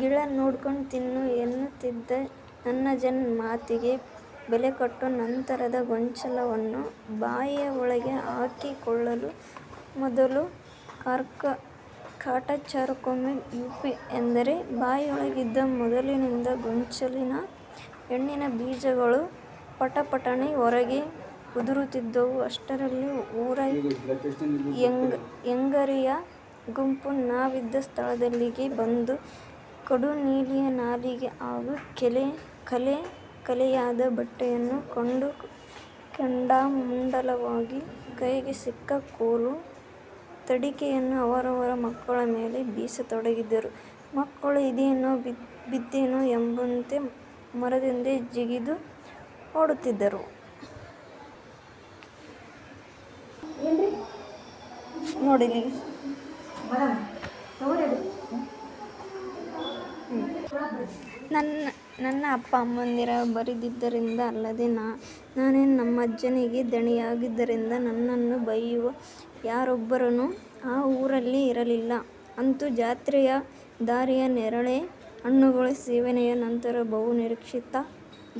ಗಿಳ ನೋಡ್ಕಂಡ್ ತಿನ್ನು' ಎಂದನ್ನುತಿದ್ದ ನನ್ನಜ್ಜನ ಮಾತಿಗೆ ಬೆಲೆಕೊಟ್ಟು ನಂತರದ ಗೊಂಚಲನ್ನು ಬಾಯಿಯ ಒಳಗೆ ಹಾಕಿಕೊಳ್ಳುವ ಮೊದಲು ಕಾಟಾಚಾರಕ್ಕೊಮ್ಮೆ 'ಊಫ್' ಎಂದರೆ ಬಾಯೊಳಗಿದ್ದ ಮೊದಲಿಂದ ಗೊಂಚಲಿನ ಹಣ್ಣಿನ ಬೀಜಗಳು ಪಟಪಟನೆ ಹೊರಗೆ ಉದುರುತಿದ್ದವು. ಅಷ್ಟರಲ್ಲಿ ಊರ ಹೆಂಗಳೆಯರ ಗುಂಪು ನಾವಿದ್ದ ಸ್ಥಳದಲ್ಲಿಗೆ ಬಂದು ಕಡುನೀಲಿಯ ನಾಲಗೆ ಹಾಗು ಕಲೆ ಕಲೆಯಾದ ಬಟ್ಟೆಯನ್ನು ಕಂಡು ಕೆಂಡಾಮಂಡಲವಾಗಿ ಕೈಗೆ ಸಿಕ್ಕ ಕೋಲು ತಡಿಕೆಯನ್ನು ಅವರವರ ಮಕ್ಕಳ ಮೇಲೆ ಬೀಸತೊಡಗಿದರೆ ಮಕ್ಕಳು ಇದ್ದೆನೋ ಬಿದ್ದೆನೋ ಎಂಬಂತೆ ಮರದದಿಂದ ಜಿಗಿದು ಓಡುತಿದ್ದರು. ನನ್ನ ಅಪ್ಪ ಅಮ್ಮಂದಿರು ಬರದಿದ್ದರಿಂದ, ಅಲ್ಲದೆ ನಾನೇ ನಮ್ಮಜ್ಜನಿಗೆ ದಣಿಯಾಗಿದ್ದರಿಂದ ನನ್ನನ್ನು ಬೈಯುವ ಯಾರೊಬ್ಬನೂ ಆ ಊರಿನಲ್ಲಿ ಇರಲಿಲ್ಲ. ಅಂತೂ ಜಾತ್ರೆಯ ದಾರಿಯ ನೇರಳೆ ಹಣ್ಣುಗಳ ಸೇವನೆಯ ನಂತರ ಬಹು ನಿರೀಕ್ಷಿತ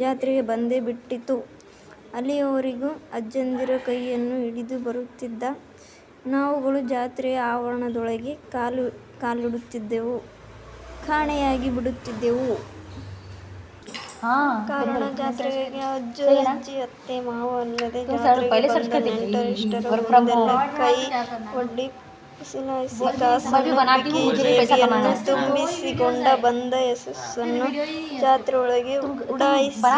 ಜಾತ್ರೆ ಬಂದೇ ಬಿಡುತಿತ್ತು. ಅಲ್ಲಿಯವರೆಗೂ ಅಜ್ಜಂದಿರ ಕೈಯನ್ನು ಹಿಡಿದು ಬರುತಿದ್ದ ನಾವುಗಳು ಜಾತ್ರೆಯ ಆವರಣದೊಳಗೆ ಕಾಲಿಡುತ್ತಿದ್ದಂತೆ ಕಾಣೆಯಾಗಿಬಿಡುತಿದ್ದವು. ಕಾರಣ ಜಾತ್ರೆಗಾಗೇ ಅಜ್ಜ, ಅಜ್ಜಿ, ಅತ್ತೆ ಮಾವ ಅಲ್ಲದೆ ಜಾತ್ರೆಗೆ ಬಂದ ನೆಂಟರಿಷ್ಟರ ಮುಂದೆಲ್ಲ ಕೈ ಒಡ್ಡಿ, ಪುಸಲಾಯಿಸಿ ಕಾಸನ್ನು ಪೀಕಿ, ಜೇಬನ್ನು ತುಂಬಿಸಿಕೊಂಡು ಬಂದ ಯಶಸ್ಸನ್ನು ಜಾತ್ರೆಯೊಳಗೆ ಉಡಾಯಿಸುವ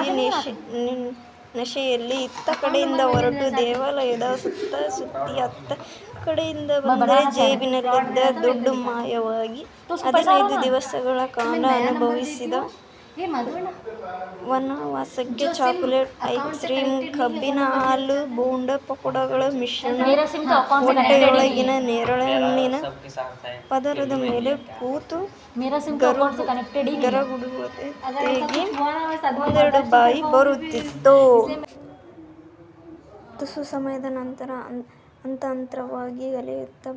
ನಶೆಯಲ್ಲಿ. ಇತ್ತ ಕಡೆಯಿಂದ ಹೊರಟು ದೇವಾಲಯದ ಸುತ್ತ ಸುತ್ತಿ ಅತ್ತ ಕಡೆಯಿಂದ ಬಂದರೆ ಜೇಬಿನಲ್ಲಿದ್ದ ದುಡ್ಡು ಮಾಯವಾಗಿ, ಹದಿನೈದು ದಿವಸಗಳ ಕಾಲ ಅನುಭವಿಸಿದ ವನವಾಸಕ್ಕೆ ಚಾಕಲೇಟು, ಐಸ್ ಕ್ರೀಮ್, ಕಬ್ಬಿನ ಹಾಲು, ಬೋಂಡಾ ಪಕೋಡಗಳ ಮಿಶ್ರಣ ಹೊಟ್ಟೆಯೊಳಗಿನ ನೇರಳೆ ಹಣ್ಣಿನ ಪದರದ ಮೇಲೆ ಕೂತು ಗರಗುಡುವ ತೇಗು ಒಂದೆರೆಡು ಬಾರಿ ಬರುತ್ತಿತ್ತು. ತುಸು ಸಮಯದ ನಂತರ ಅತಂತ್ರವಾಗಿ ಅಲೆಯುತ್ತಾ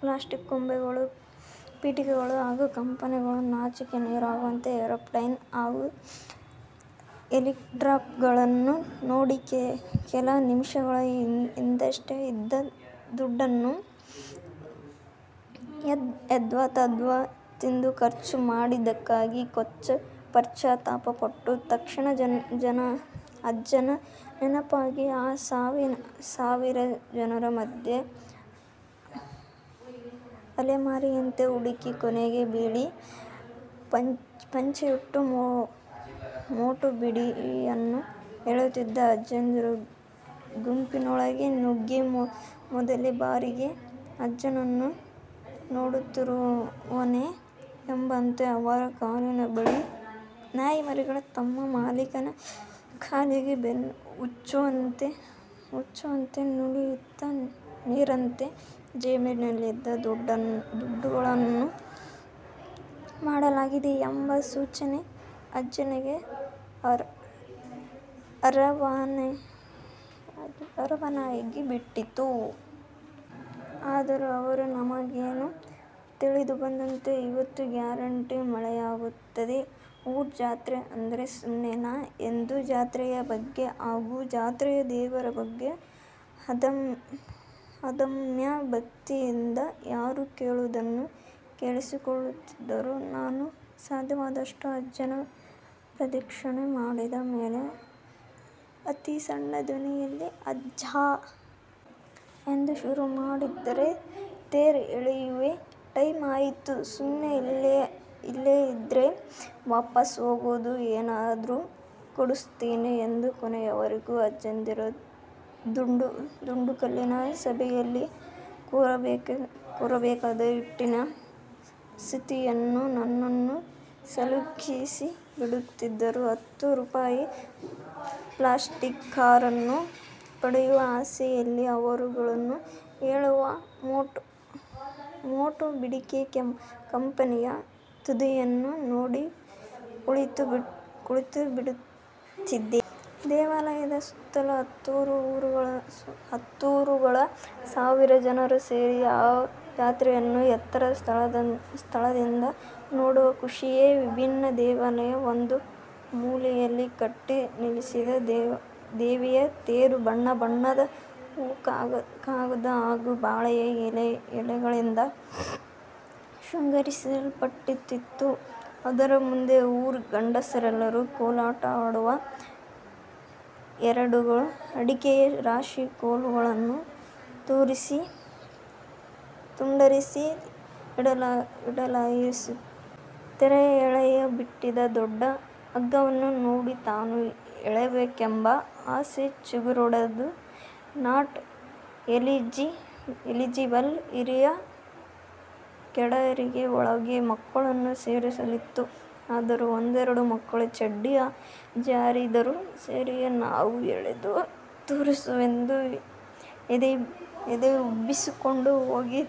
ಪ್ಲಾಸ್ಟಿಕ್ ಗೊಂಬೆಗಳು, ಪೀಪಿಗಳು ಹಾಗು ಕಂಪನಿಗಳೇ ನಾಚಿ ನೀರಾಗುವಂತ ಏರೋಪ್ಲೇನ್ ಹಾಗು ಹೆಲಿಕ್ಯಾಪ್ಟಾರ್ ಗಳನ್ನು ನೋಡಿ, ಕೆಲ ನಿಮಿಷಗಳ ಹಿಂದಷ್ಟೇ ಇದ್ದ ದುಡ್ಡನ್ನು ಎದ್ವಾ-ತದ್ವಾ ತಿಂದು ಖರ್ಚು ಮಾಡಿದಕ್ಕಾಗಿ ಕೊಂಚ ಪಶ್ಚಾತಾಪ ಪಟ್ಟು, ತಕ್ಷಣ ಅಜ್ಜನ ನೆನಪಾಗಿ, ಆ ಸಾವಿರ ಜನರ ಮದ್ಯೆ ಅಲೆಮಾರಿಯಂತೆ ಹುಡುಕಿ ಕೊನೆಗೆ ಬಿಳಿ ಪಂಚೆಯುಟ್ಟು, ಮೋಟು ಬೀಡಿಯನ್ನು ಎಳೆಯುತಿದ್ದ ಅಜ್ಜಂದಿರ ಗುಂಪಿನೊಳಗೆ ನುಗ್ಗಿ ಮೊದಲ ಬಾರಿಗೆ ಅಜ್ಜನನ್ನು ನೋಡುತ್ತಿರುವೆನೇನೋ ಎಂಬಂತೆ ಅವರ ಕಾಲಿನ ಬಳಿ ನಾಯಿಮರಿಗಳು ತಮ್ಮ ಮಾಲೀಕನ ಕಾಲಿಗೆ ಬೆನ್ನು ಉಜ್ಜುವಂತೆ ನುಲಿಯುತ್ತ ನಿಂತರೆ 'ಜೇಬಿನಲ್ಲಿದ್ದ ದುಡ್ಡನ್ನು ಗುಳುಂ ಮಾಡಿಯಾಗಿದೆ' ಎಂಬ ಸೂಚನೆ ಅಜ್ಜನಿಗೆ ರವಾನೆಯಾಗಿಬಿಡುತ್ತಿತ್ತು. ಆದರೂ ಅವರು ತಮಗೇನು ತಿಳಿಯದೆಂಬಂತೆ 'ಇವತ್ತು ಗ್ಯಾರಂಟಿ ಮಳೆಯಾಗುತ್ತೆ. ಊರ್ ಜಾತ್ರೆ ಅಂದ್ರೆ ಸುಮ್ನೇನಾ' ಎಂದು ಜಾತ್ರೆಯ ಬಗ್ಗೆ ಹಾಗು ಜಾತ್ರೆಯ ದೇವರ ಬಗ್ಗೆ ಅಧಮ್ಯ ಭಕ್ತಿಯಿದ್ದ ಯಾರೋ ಹೇಳುವುದನ್ನು ಕೇಳಿಸಿಕೊಳ್ಳುತ್ತಿದ್ದರು. ನಾನು ಸಾಧ್ಯವಾದಷ್ಟು ಅಜ್ಜನ ಪ್ರದಕ್ಷಿಣೆ ಮಾಡಿದ ಮೇಲೆ ಅತಿ ಸಣ್ಣ ಧ್ವನಿಯಲ್ಲಿ 'ಅಜ್ಜಾ. 'ಎಂದು ಶುರು ಮಾಡಿದರೆ 'ತೇರ್ ಎಳಿಯೋ ಟೈಮ್ ಆಯಿತು. ಸುಮ್ನೆ ಇಲ್ಲೇ ಇದ್ರೆ ವಾಪಾಸ್ ಹೋಗಾಗ ಏನಾದ್ರು ಕೊಡುಸ್ತೀನಿ' ಎಂದು ಕೊನೆಯವರೆಗೂ ಅಜ್ಜಂದಿರ ದುಂಡುಕಲ್ಲಿನ ಸಭೆಯಲ್ಲಿಯೇ ಕೂರಬೇಕಾದ ಇಕ್ಕಟಿನ ಸ್ಥಿತಿಯಲ್ಲಿ ನನ್ನನು ಸಿಲುಕಿಸಿ ಬಿಡುತ್ತಿದ್ದರು. ಹತ್ತು ರೂಪಾಯಿಯ ಪ್ಲಾಸ್ಟಿಕ್ ಕಾರನ್ನು ಪಡೆಯುವ ಆಸೆಯಲ್ಲಿ ಅವರುಗಳು ಎಳೆಯುವ ಮೋಟು ಬೀಡಿಯ ಕೆಂಪನೆಯ ತುದಿಯನ್ನೇ ನೋಡಿ ಕುಳಿತು ಬಿಡುತ್ತಿದ್ದೆ. ದೇವಾಲಯದ ಸುತ್ತಲೂ ಹತ್ತಾರು ಊರುಗಳ ಸಾವಿರಾರು ಜನರು ಸೇರಿದ್ದ ಆ ಜಾತ್ರೆಯನ್ನು ಎತ್ತರದ ಸ್ಥಳದಿಂದ ನೋಡುವ ಖುಷಿಯೇ ವಿಭಿನ್ನ. ದೇವಾಲಯದ ಒಂದು ಮೂಲೆಯಲ್ಲಿ ಕಟ್ಟಿ ನಿಲ್ಲಿಸಿದ್ದ ದೇವಿಯ ತೇರು ಬಣ್ಣ ಬಣ್ಣದ ಹೂವು, ಕಾಗದ ಹಾಗು ಬಾಳೆಯ ಎಲೆಗಳಿಂದ ಶೃಂಗರಿಸಲ್ಪಟ್ಟಿರುತ್ತಿತು. ಅದರ ಮುಂದೆ ಊರ ಗಂಡಸರೆಲ್ಲರು ಕೋಲಾಟವಾಡಲು ಎರೆಡೆರೆಡು ಅಡಿಯ ರಾಶಿ ಕೋಲುಗಳನ್ನು ತುಂಡರಿಸಿ ಇಡಲಾಗಿರುತ್ತಿತು. ತೇರನ್ನು ಎಳೆಯಲು ಬಿಟ್ಟಿದ್ದ ದೊಡ್ಡ ಹಗ್ಗವನ್ನು ನೋಡಿ ತಾನೂ ಎಳೆಯಬೇಕೆಂಬ ಆಸೆ ಚಿಗುರೊಡೆದರೂ, ನಾಟ್-ಎಲಿಜಿಬಲ್ ಹಿರಿಯರ ಕೆಟಗೆರಿಯ ಒಳಗೆ ಮಕ್ಕಳನ್ನೂ ಸೇರಿಸಲಾಗಿತ್ತು. ಆದರೂ ಒಂದೆರೆಡು ಮಕ್ಕಳು ಚಡ್ಡಿ ಜಾರಿದರೂ ಸರಿಯೇ ನಾವು ಎಳೆದು ತೋರಿಸುವೆಂದು ಎದೆಯುಬ್ಬಿಸಿಕೊಂಡು ಹೋಗಿ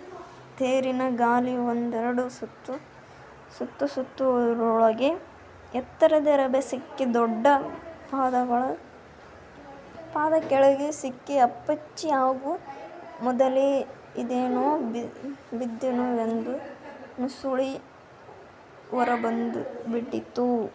ತೇರಿನ ಗಾಲಿ ಒಂದೆರೆಡು ಸುತ್ತು ಸುತ್ತುವುದರೊಳಗೆ ಎಳೆತದ ರಭಸಕ್ಕೆ ದೊಡ್ಡ ಪಾದಗಳ ಕೆಳಗೆ ಸಿಕ್ಕಿ ಅಪ್ಪಚ್ಚಿ ಆಗುವ ಮೊದಲೇ ಇದ್ದೆನೋ ಬಿದ್ದೆನೋ ಎಂದು ನುಸುಳಿ ಹೊರಬಂದುಬಿಡುತ್ತಿದ್ದರು.